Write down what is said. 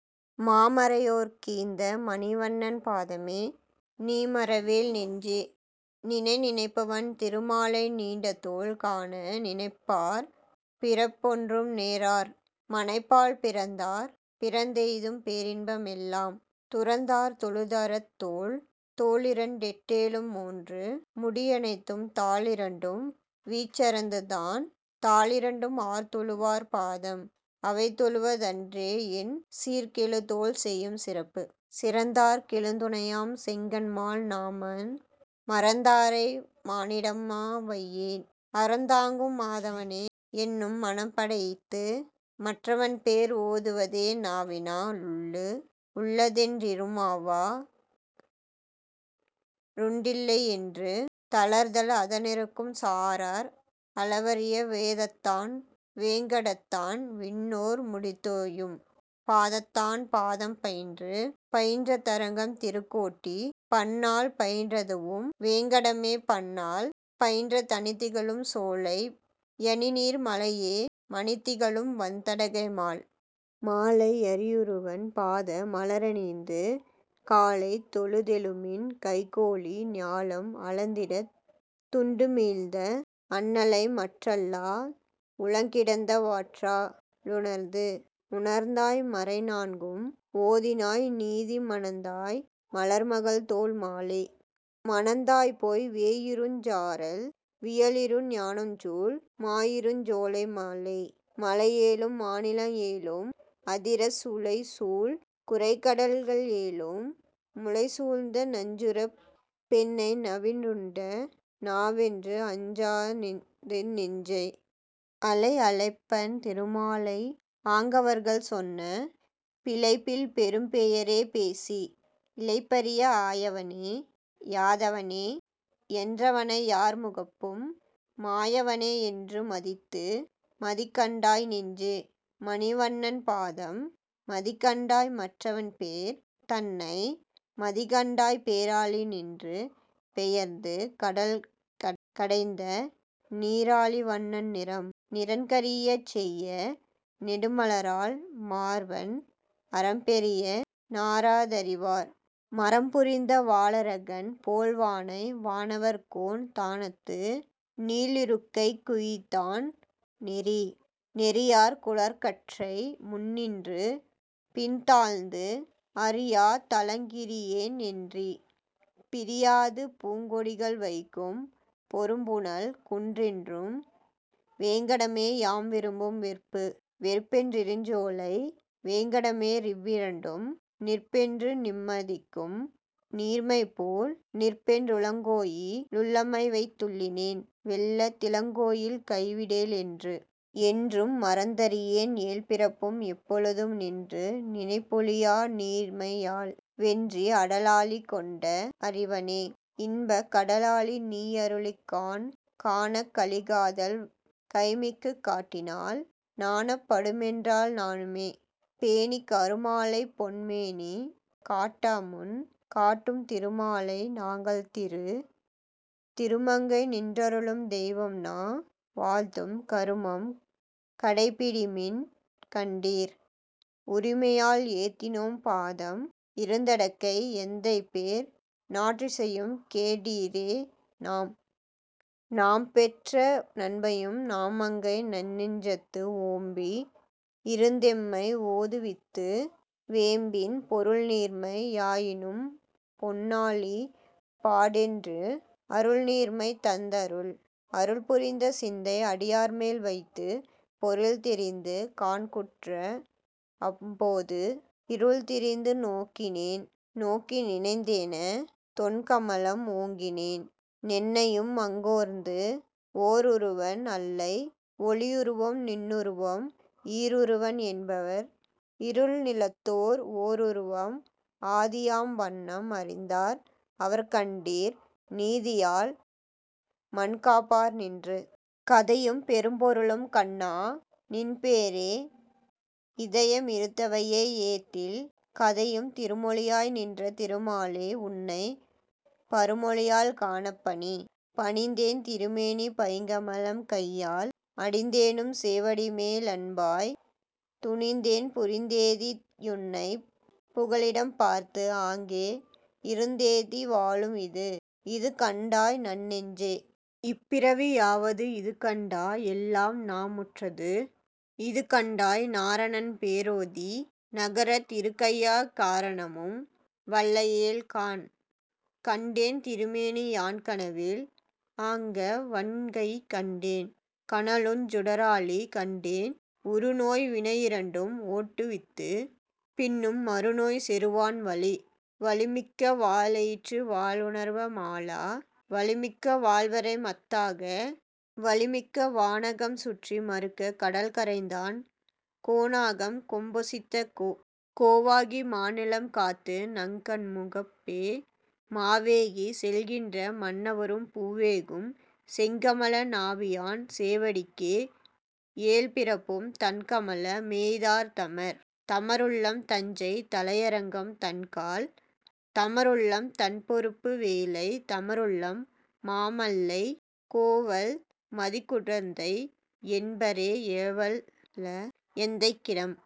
மாமறையோர்க் கீந்த மணிவண்ணன் பாதமே, நீமறவேல் நெஞ்சே. நினை. நினைப்பன் திருமாலை நீண்டதோள் காண, நினைப்பார் பிறப்பொன்றும் நேரார், மனைப்பால் பிறந்தார் பிறந்தெய்தும் பேரின்ப மெல்லாம், துறந்தார் தொழுதாரத் தோள். தோளிரண் டெட்டேழும் மூன்று முடியனைத்தும், தாளிரண்டும் வீழச் சரந்துரந்தான், தாளிரண்டும், ஆர்தொழுவார் பாதம் அவைதொழுவ தன்றே, என் சீர்கெழுதோள் செய்யும் சிறப்பு? சிறந்தார்க் கெழுதுணையாம் செங்கண்மால் நாமம், மறந்தாரை மானிடமா வையேன், அறம்தாங்கும் மாதவனே யென்னும் மனம்படைத்து, மற்றவன்பேர் ஓதுவதே நாவினா லுள்ளு. உளதென் றிறுமாவா ருண்டில்லை யென்று, தளர்தல் அதனருகும் சாரார், அளவரிய வேதத்தான் வேங்கடத்தான் விண்ணோர் முடிதோயும், பாதத்தான் பாதம் பயின்று. பயின்ற தரங்கம் திருக்கோட்டி, பன்னாள் பயின்றதுவும் வேங்கடமே பன்னாள், பயின்ற தணிதிகழும் சோலை யணிநீர் மலையே மணிதிகழும் வண்தடக்கை மால். மாலை யரியுருவன் பாத மலரணிந்து, காலை தொழுதெழுமின் கைகோலி, ஞாலம் அளந்திடந் துண்டுமிழ்ந்த அண்ணலைமற் றல்லால் உளங்கிடந்த வாற்றா லுணர்ந்து. உணர்ந்தாய் மறைநான்கும் ஓதினாய் நீதி மணந்தாய் மலர்மகள்தோள் மாலே. மணந்தாய்போய் வேயிருஞ் சாரல் வியலிரு ஞாலம்சூழ், மாயிருஞ் சோலை மலை. மலையேழும் மாநிலங்க ளேழும் அதிர, குலைசூழ் குரைகடல்க ளேழும், முலைசூழ்ந்த நஞ்சுரத்துப் பெண்ணை நவின்றுண்ட நாவனென்று, அஞ்சாதென் னெஞ்சே. அழை. அழைப்பன் திருமாலை ஆங்கவர்கள் சொன்ன, பிழைப்பில் பெரும்பெயரே பேசி, இழைப்பரிய ஆயவனே. யாதவனே. என்றவனை யார்முகப்பும், மாயவனே என்று மதித்து. மதிக்கண்டாய் நெஞ்சே. மணிவண்ணன் பாதம், மதிக்கண்டாய் மற்றவன்பேர் தன்னை, மதிக்கண்டாய் பேராழி நின்று பெயர்ந்து கடல்கடைந்த நீராழி வண்ணன் நிறம். நிறங்கரியன் செய்ய நெடுமலராள் மார்வன், அறம்பெரிய னார தறிவார்? மறம்புரிந்த வாளரக்கன் போல்வானை வானவர்கோன் தானத்து, நீளிருக்கைக் குய்த்தான் நெறி. நெறியார் குழற்கற்றை முன்னின்று பின்தாழ்ந்து, அறியா திளங்கிரியென் றெண்ணி, பிறியாது பூங்கொடிகள் வைகும் பொருபுனல் குன்றென்றும், வேங்கடமே யாம் விரும்பும் வெற்பு. வெற்பென் றிருஞ்சோலை வேங்கடமென் றிவ்விரண்டும் நிற்பென்று நீமதிக்கும் நீர்மைபோல், நிற்பென் றுளங்கோயி லுள்ளம்வைத் துள்ளினேன், வெள்ளத் திளங்கோயில் கைவிடேல் என்று. என்றும் மறந்தறியேன் ஏழ்பிறப்பும் எப்பொழுதும், நின்று நினைப்பொழியா நீர்மையால், வென்றி அடலாழி கொண்ட அறிவனே, இன்பக் கடலாழி நீயருளிக் காண். காணக் கழிகாதல் கைமிக்குக் காட்டினால், நாணப் படுமென்றால் நாணுமே? பேணிக் கருமாலைப் பொன்மேனி காட்டாமுன் காட்டும், திருமாலை நாங்கள் திரு. திருமங்கை நின்றருளும் தெய்வம்நா வாழ்த்தும், கருமம் கடைப்பிடிமின் கண்டீர், உரிமையால் ஏத்தினோம் பாதம் இருந்தடக்கை எந்தைபேர், நாற்றிசையும் கேட்டீரே நாம்? நாம்பெற்ற நன்மையும் நாமங்கை நன்னெஞ்சத்து ஓம்பி யிருந்தெம்மை ஓதுவித்து, வேம்பின் பொருள்நீர்மை யாயினும் பொன்னாழி பாடென்று, அருள்நீர்மை தந்த அருள். அருள் புரிந்த சிந்தை அடியார்மேல் வைத்து, பொருள்தெரிந்து காண்குற்ற அப்போது, இருள்திரிந்து நோக்கினேன் நோக்கி நினைந்தேன தொண்கமலம், ஓக்கினே னென்னையுமங் கோர்ந்து. ஓருருவன் அல்லை ஒளியுருவம் நின்னுருவம், ஈருருவன் என்பர் இருநிலத்தோர், ஓருருவம் ஆதியாம் வண்ணம் அறிந்தார் அவர்கண்டீர், நீதியால் மண்காப்பார் நின்று. கதையும் பெரும்பொருளும் கண்ணா. நின் பேரே, இதய மிருந்தவையே ஏத்தில், கதையும் திருமொழியாய் நின்ற திருமாலே உன்னைப், பருமொழியால் காணப் பணி. பணிந்தேன் திருமேனி பைங்கமலம் கையால் அணிந்தேனுன் சேவடிமே லன்பாய், துணிந்தேன் புரிந்தேத்தி யுன்னைப் புகலிடம்பார்த்து, ஆங்கே இருந்தேத்தி வாழும் இது. இது கண்டாய் நன்னெஞ்சே. இப்பிறவி யாவது, இதுகண்டா யெல்லாம்நா முற்றது, இதுகண்டாய் நாரணன்பே ரோதி நகரத் தருகணையா, காரணமும் வல்லையேல் காண். கண்டேன் திருமேனி யான்கனவில், ஆங்கவன்கைக் கண்டேன் கனலுஞ் சுடராழி, கண்டேன் உறுநோய் வினையிரண்டும் ஓட்டுவித்து, பின்னும் மறுநோய் செறுவான் வலி. வலிமிக்க வாளெயிற்று வாளவுணர் மாள வலிமிக்க வாள்வரைமத் தாக, வலிமிக்க வாணாகம் சுற்றி மறுகக் கடல்கடைந்தான், கோணாகம் கொம்பொசித்த கோ. கோவாகி மாநிலம் காத்து, நங் கண்முகப்பே மாவேகிச் செல்கின்ற மன்னவரும் பூவேகும் செங்கமல நாபியான் சேவடிக்கே யேழ்பிறப்பும், தண்கமல மேய்ந்தார் தமர். தமருள்ளம் தஞ்சை தலையரங்கம் தண்கால், தமருள்ளும் தண்பொருப்பு வேலை, தமருள்ளும் மாமல்லை கோவல் மதிட்குடந்தை யென்பரே, ஏவல்ல எந்தைக் கிடம்.